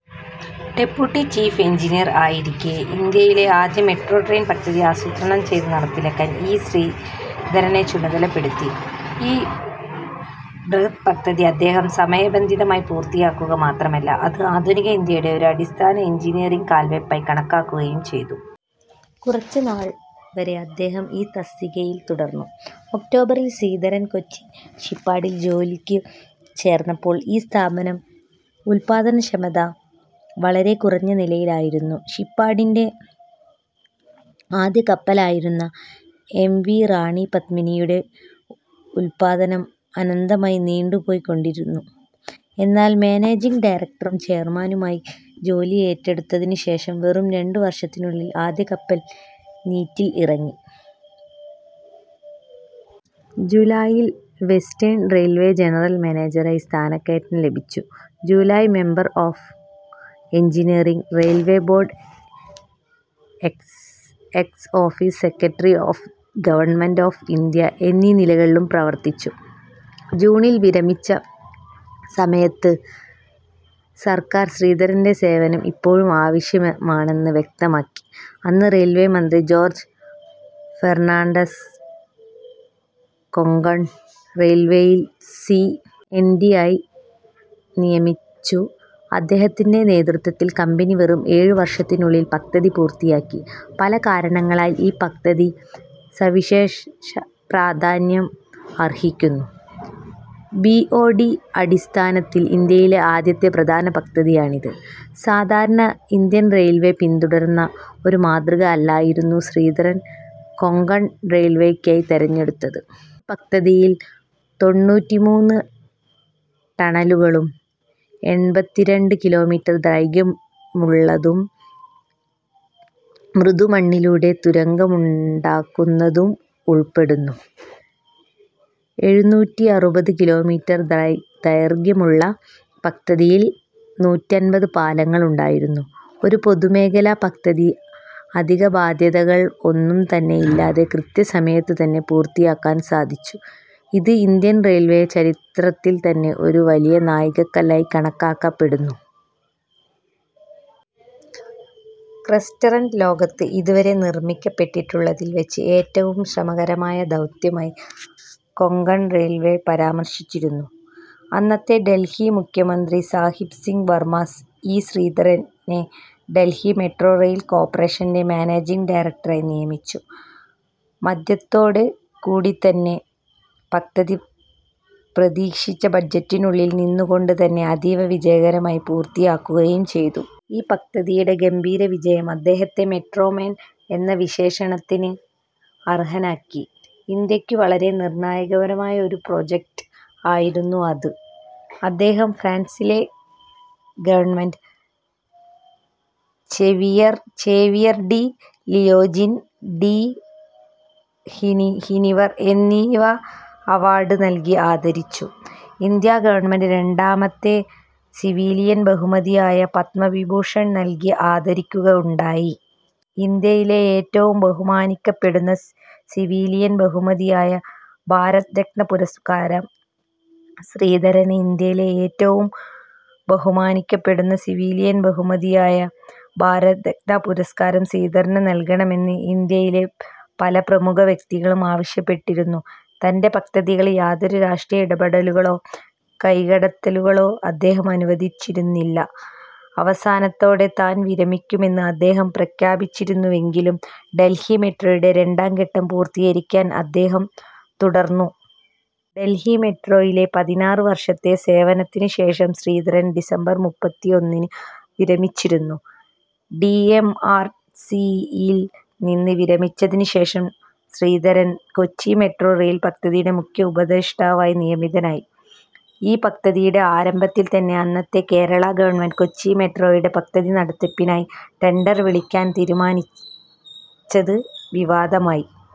Deputy chief engineer ആയിരിക്കെ ഇന്ത്യയിലെ ആദ്യ മെട്രോ ട്രെയിൻ പദ്ധതി ആസൂത്രണം ചെയ്തു നടപ്പിലാക്കാൻ ഇ ശ്രീധരനെ ചുമതല പെടുത്തി. ഈ ബൃഹത് പദ്ധതി അദ്ദേഹം സമയ ബന്ധിതമായി പൂർത്തിയാക്കുക മാത്രമല്ല, ഇത് ആധുനിക ഇന്ത്യയുടെ ഒരു അടിസ്ഥാന എഞ്ചിനീയറിംഗ് കാൽവെപ്പായി കണക്കാക്കുകയും ചെയ്യുന്നു. കുറച്ചുനാൾവരെ അദ്ദേഹം ഈ തസ്തികയിൽ തുടർന്നു. ഒക്ടോബറിൽ ശ്രീധരൻ കൊച്ചിൻ ഷിപ്യാർഡിൽ ജോലിക്കു ചേർന്നപ്പോൾ, ഈ സ്ഥാപനം ഉല്പാദന ക്ഷമത വളരെ കുറഞ്ഞ നിലയിൽ ആയിരുന്നു. ഷിപ്യാർഡിന്റെ ആദ്യ കപ്പൽ ആയിരുന്ന എം. വി. റാണി പദ്മിനി യുടെ ഉൽപാദനം അനന്തമായി നീണ്ടു പോയിക്കൊണ്ടിരുന്നു. എന്നാൽ മാനേജിങ് ഡയറക്ടറും ചെയർമാനുമായി ആയി ജോലി ഏറ്റെടുത്തതിനു ശേഷം വെറും രണ്ടു വർഷത്തിനുള്ളിൽ ആദ്യ കപ്പൽ നീറ്റിൽ ഇറങ്ങി. ജൂലായിൽ വെസ്റ്റേൺ റെയിൽവേ ജനറൽ മാനേജരായി സ്ഥാന കയറ്റം ലഭിച്ചു. ജൂലായിൽ member of engineering, railway board ex office secretary of government of India എന്നീ നിലകളിലും പ്രവർത്തിച്ചു. ജൂണിൽ വിരമിച്ച സമയത്ത് സർക്കാർ ശ്രീധരന്റെ സേവനം ഇപ്പോഴും ആവശ്യമാണെന്ന് വ്യക്തമാക്കി, അന്ന് റെയിൽവേ മന്ത്രി ജോർജ് ഫെർണാണ്ടസ് കൊങ്കൺ റെയിൽവേയിൽ സി. എൻ. ഡി ആയി നിയമിച്ചു. അദ്ദേഹത്തിന്റെ നേതൃത്വത്തിൽ കമ്പനി വെറും ഏഴു വർഷത്തിനുള്ളിൽ പദ്ധതി പൂർത്തിയാക്കി. പല കാരണങ്ങളാൽ ഈ പദ്ധതി സവിശേഷ പ്രാധാന്യം അർഹിക്കുന്നു. ബി. ഒ. ടി. അടിസ്ഥാനത്തിൽ ഇന്ത്യയിലെ ആദ്യത്തെ പ്രധാന പദ്ധതിയാണിത്. സാധാരണ ഇന്ത്യൻ റെയിൽവേ പിന്തുടരുന്ന ഒരു മാതൃക അല്ലായിരുന്നു ശ്രീധരൻ കൊങ്കൺ റെയിൽവേക്കായി തിരഞ്ഞെടുത്തത്. ഈ പദ്ധതിയിൽ തൊണ്ണൂറ്റിമൂന്ന് ടണലുകളും എൺപത്തിരണ്ട്‍ കിലോമീറ്റർ ദൈർഘ്യമുള്ളതും മൃദു മണ്ണിലൂടെ തുരങ്കമുണ്ടാക്കുന്നതും ഉൾപ്പെടുന്നു. എഴുനൂറ്റിഅറുപത് കിലോമീറ്റർ ദൈർഘ്യമുള്ള പദ്ധതിയിൽ നൂറ്റിഅമ്പത് പാലങ്ങൾ ഉണ്ടായിരുന്നു. ഒരു പൊതുമേഖലാ പദ്ധതി അധിക ബാദ്ധ്യതകൾ ഒന്നും തന്നെ ഇല്ലാതെ കൃത്യ സമയത്തു തന്നെ പൂർത്തിയാക്കാൻ സാധിച്ചു. ഇത് ഇന്ത്യൻ റെയിൽവേ ചരിത്രത്തിൽ തന്നെ ഒരു വലിയ നാഴികകല്ലായി കണക്കാക്കപ്പെടുന്നു. ക്രിസ്റ്റാറന്റ് ലോകത്തു ഇതുവരെ നിർമിക്കപ്പെട്ടിട്ടുള്ളതിൽ വച്ച് ഏറ്റവും ശ്രമകരമായ ദൗത്യമായി കൊങ്കൺ റെയിൽവേ പരാമർശിച്ചിരിക്കുന്നു. അന്നത്തെ ഡൽഹി മുഖ്യമന്ത്രി ആയിരുന്ന സാഹിബ് സിംഗ് വർമ്മ, ഇ ശ്രീധരനെ ഡൽഹി മെട്രോ റെയിൽ കോർപറേഷന്റെ മാനേജിങ് ഡയറക്ടർ ആയി നിയമിച്ചു. മധ്യത്തോടു കൂടിത്തന്നെ പദ്ധതി പ്രതീക്ഷിച്ച ബഡ്ജറ്റിൽനുള്ളിൽ നിന്നുകൊണ്ട് തന്നെ അതീവ വിജയകരമായി പൂർത്തി ആക്കുകയും ചെയ്തു. ഈ പദ്ധതിയുടെ ഗംഭീര വിജയം അദ്ദേഹത്തെ "മെട്രോ മാൻ" എന്ന വിശേഷണത്തിന് അർഹനാക്കി. ഇന്ത്യക്കു വളരെ നിർണായകമായ ഒരു പ്രൊജക്റ്റ് ആയിരുന്നു അത്. അദ്ദേഹം ഫ്രാൻസിലെ government, Chevalier de Legion d'honneur എന്നിവ അവാർഡ് നൽകി ആദരിച്ചു. ഇന്ത്യ ഗവണ്മെന്റ് രണ്ടാമത്തെ സിവിലിയൻ ബഹുമതി ആയ പദ്മവിഭൂഷൺ നൽകി ആദരിക്കുക ഉണ്ടായി. ഇന്ത്യയിലെ ഏറ്റവും ബഹുമാനിക്കപ്പെടുന്ന സിവിലിയൻ ബഹുമതിയായ ഭാരത് രത്ന പുരസ്കാരം ശ്രീധരന് ഇന്ത്യയിലെ ഏറ്റവും ബഹുമാനിക്കപ്പെടുന്ന സിവിലിയൻ ബഹുമതിയായ ഭാരത് രത്ന പുരസ്കാരം ശ്രീധരന് നൽകണമെന്ന് ഇന്ത്യയിലെ പല പ്രമുഖ വ്യക്തികളും ആവശ്യപ്പെട്ടിരുന്നു. തന്റെ പദ്ധതികളിൽ യാതൊരു രാഷ്ട്രീയ ഇടപെടലുകളോ കൈകടത്തലുകളോ അദ്ദേഹം അനുവദിച്ചിരുന്നില്ല. അവസാനത്തോടെ താൻ വിരമിക്കുമെന്ന് അദ്ദേഹം പ്രഖ്യാപിച്ചിരുന്നുവെങ്കിലും ഡൽഹി മെട്രോയുടെ രണ്ടാംഘട്ടം പൂർത്തീകരിക്കാൻ അദ്ദേഹം തുടർന്നു. ഡൽഹി മെട്രോയിലെ പതിനാറ് വർഷത്തെ സേവനത്തിനു ശേഷം ശ്രീധരൻ ഡിസംബർ മുപ്പത്തിഒന്നിന് വിരമിച്ചിരുന്നു. ഡി. എം. ആർ. സി. യിൽ നിന്ന് വിരമിച്ചതിനു ശേഷം ശ്രീധരൻ കൊച്ചി മെട്രോ റെയിൽ പദ്ധതിയുടെ മുഖ്യ ഉപദേഷ്ടാവായി നിയമിതനായി. ഈ പദ്ധതിയുടെ ആരംഭത്തിൽ തന്നെ അന്നത്തെ കേരള ഗവണ്മെന്റ് കൊച്ചി മെട്രോ യുടെ പദ്ധതി നടത്തിപ്പിനായി ടെൻഡർ വിളിക്കാൻ തീരുമാനിച്ചത് വിവാദമായി.